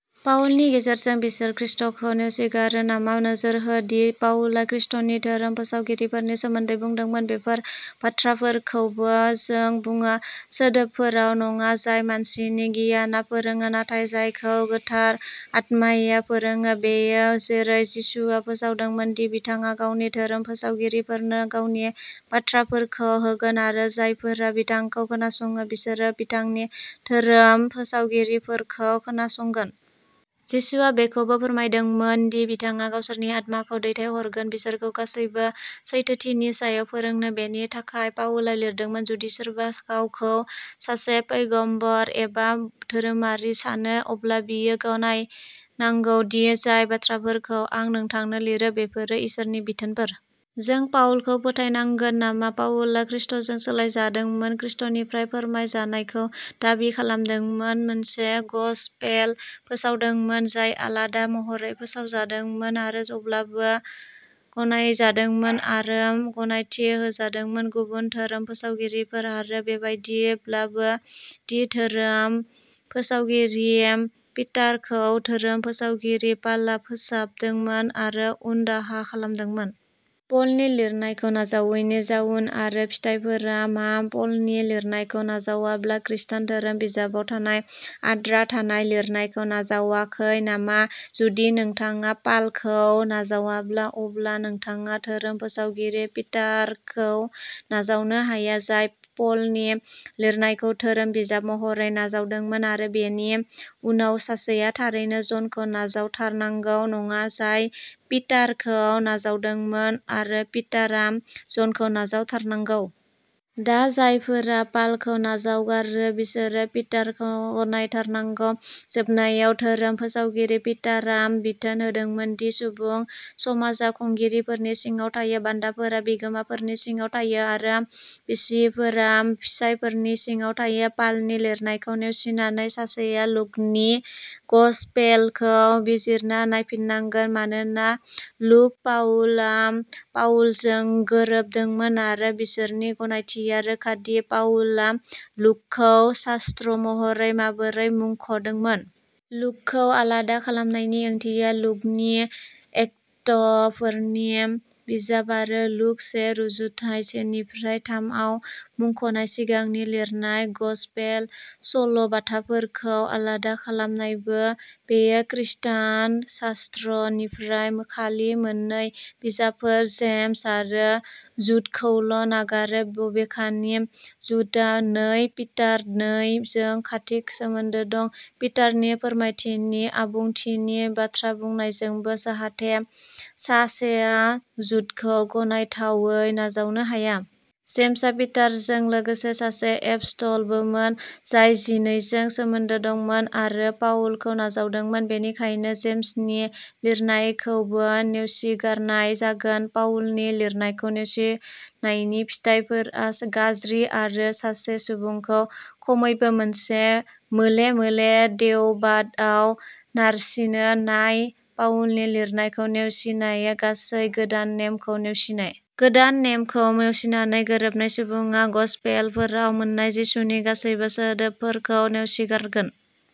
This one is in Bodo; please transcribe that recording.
पाउलनि गेजेरजों बिसोर खृष्टखौ नेवसिगारो नामा? नोजोर हो दि पाउला खृष्टनि धोरोम फोसावगिरिफोरनि सोमोन्दै बुंदोंमोन, "बेफोर बाथ्राफोरखौबो जों बुङो, सोदोबफोराव नङा जाय मानसिनि गियानआ फोरोङो नाथाय जायखौ गोथार आत्माया फोरोङो।" बेयो जेरै जिसुआ फोसावदोंमोन दि बिथाङा गावनि धोरोम फोसावगिरिफोरनो गावनि बाथ्राफोरखौ होगोन आरो जायफोरा बिथांखौ खोनासङो बिसोरो बिथांनि धोरोम फोसावगिरिफोरखौ खोनासंगोन। जिसुआ बेखौबो फोरमायदोंमोन दि बिथाङा गावसोरनि आत्माखौ दैथायहरगोन बिसोरखौ गासैबो सैथोथिनि सायाव फोरोंनो। बेनि थाखाय पाउला लिरदोंमोन, "जुदि सोरबा गावखौ सासे पैगम्बर एबा धोरोमारि सानो अब्ला बियो गनायनांगौ दि जाय बाथ्राफोरखौ आं नोंथांनो लिरो बेफोरो इसोरनि बिथोनफोर।" जों पाउलखौ फोथायनांगोन नामा? पाउलआ खृष्टजों सोलायजादोंमोन, खृष्टनिफ्राय फोरमायजानायखौ दाबि खालामदोंमोन, मोनसे गसपेल फोसावदोंमोन जाय आलादा महरै फोसावजादोंमोन आरो अब्लाबो गनायजादोंमोन आरो गनायथि होजादोंमोन गुबुन धोरोम फोसावगिरिफोर आरो बेबायदिब्लाबो दि धोरोम फोसावगिरि पिटारखौ धोरोम फोसावगिरि पालआ फोसाबदोंमोन आरो उनदाहा खालामदोंमोन। पलनि लिरनायखौ नाजावैनि जाउन आरो फिथायफोरा मा? पलनि लिरनायखौ नाजावाब्ला खृष्टान धोरोम बिजाबाव थानाय आद्रा थानाय लिरनायखौ नाजावाखै नामा? जुदि नोंथाङा पालखौ नाजावाब्ला अब्ला नोंथाङा धोरोम फोसावगिरि पिटारखौ नाजावनो हाया, जाय पलनि लिरनायखौ धोरोम बिजाब महरै नाजावदोंमोन आरो बेनि उनाव सासेया थारैनो जनखौ नाजावथारनांगौ नङा, जाय पिटारखौ नाजावदोंमोन आरो पिटारआ जनखौ नाजावथारनांगौ। दा, जायफोरा पालखौ नाजावगारो, बिसोरो पिटारखौ गनायथारनांगौ। जोबनायाव, धोरोम फोसावगिरि पिटारआ बिथोन होदोंमोन दि सुबुं समाजा खुंगिरिफोरनि सिङाव थायो, बान्दाफोरा बिगोमाफोरनि सिङाव थायो आरो बिसिफोरा फिसायफोरनि सिङाव थायो। पालनि लिरनायखौ नेवसिनानै सासेआ लुकनि गसपेलखौ बिजिरना नायफिननांगोन मानोना लुक पाउलआ पाउलजों गोरोबदोंमोन आरो बिसोरनि गनायथिया रोखा दि पाउलआ लुकखौ शास्त्र महरै माबोरै मुंख'दोंमोन। लुकखौ आलादा खालामनायनि ओंथिया लूकनि एक्टफोरनि बिजाब आरो लूक से रुजुथाइ सेनिफ्राय थामआव मुंख'नाय सिगांनि लिरनाय गसपेल सल'बाथाफोरखौ आलादा खालामनायबो। बेयो खृस्टान शास्त्रनिफ्राय खालि मोन्नै बिजाबफोर, जेम्स आरो जुडखौल' नागारो। बबेखानि, जुडआ नै पिटार नै जों खाथि सोमोन्दो दं, पिटारनि फोरमायथिनि आबुंथिनि बाथ्रा बुंनायजोंबो, जाहाथे सासेया जुडखौ गनायथावै नाजावनो हाया। जेम्सआ पिटारजों लोगोसे सासे एपस्टलबोमोन, जाय जिनैजों सोमोन्दो दंमोन आरो पाउलखौ नाजावदोंमोन, बेनिखायनो जेम्सनि लिरनायखौबो नेवसिगारनाय जागोन। पाउलनि लिरनायखौ नेवसिनायनि फिथाइफोरा गाज्रि आरो सासे सुबुंखौ खमैबो मोनसे मोले-मोले देवबादआव नारसिनो। नाय, पाउलनि लिरनायखौ नेवसिनाया गासै गोदान नेमखौ नेवसिनाय। गोदान नेमखौ नेवसिनानै, गोरोबनाय सुबुङा गस्पेलफोराव मोन्नाय जिसुनि गासैबो सोदोबफोरखौ नेवसिगारगोन।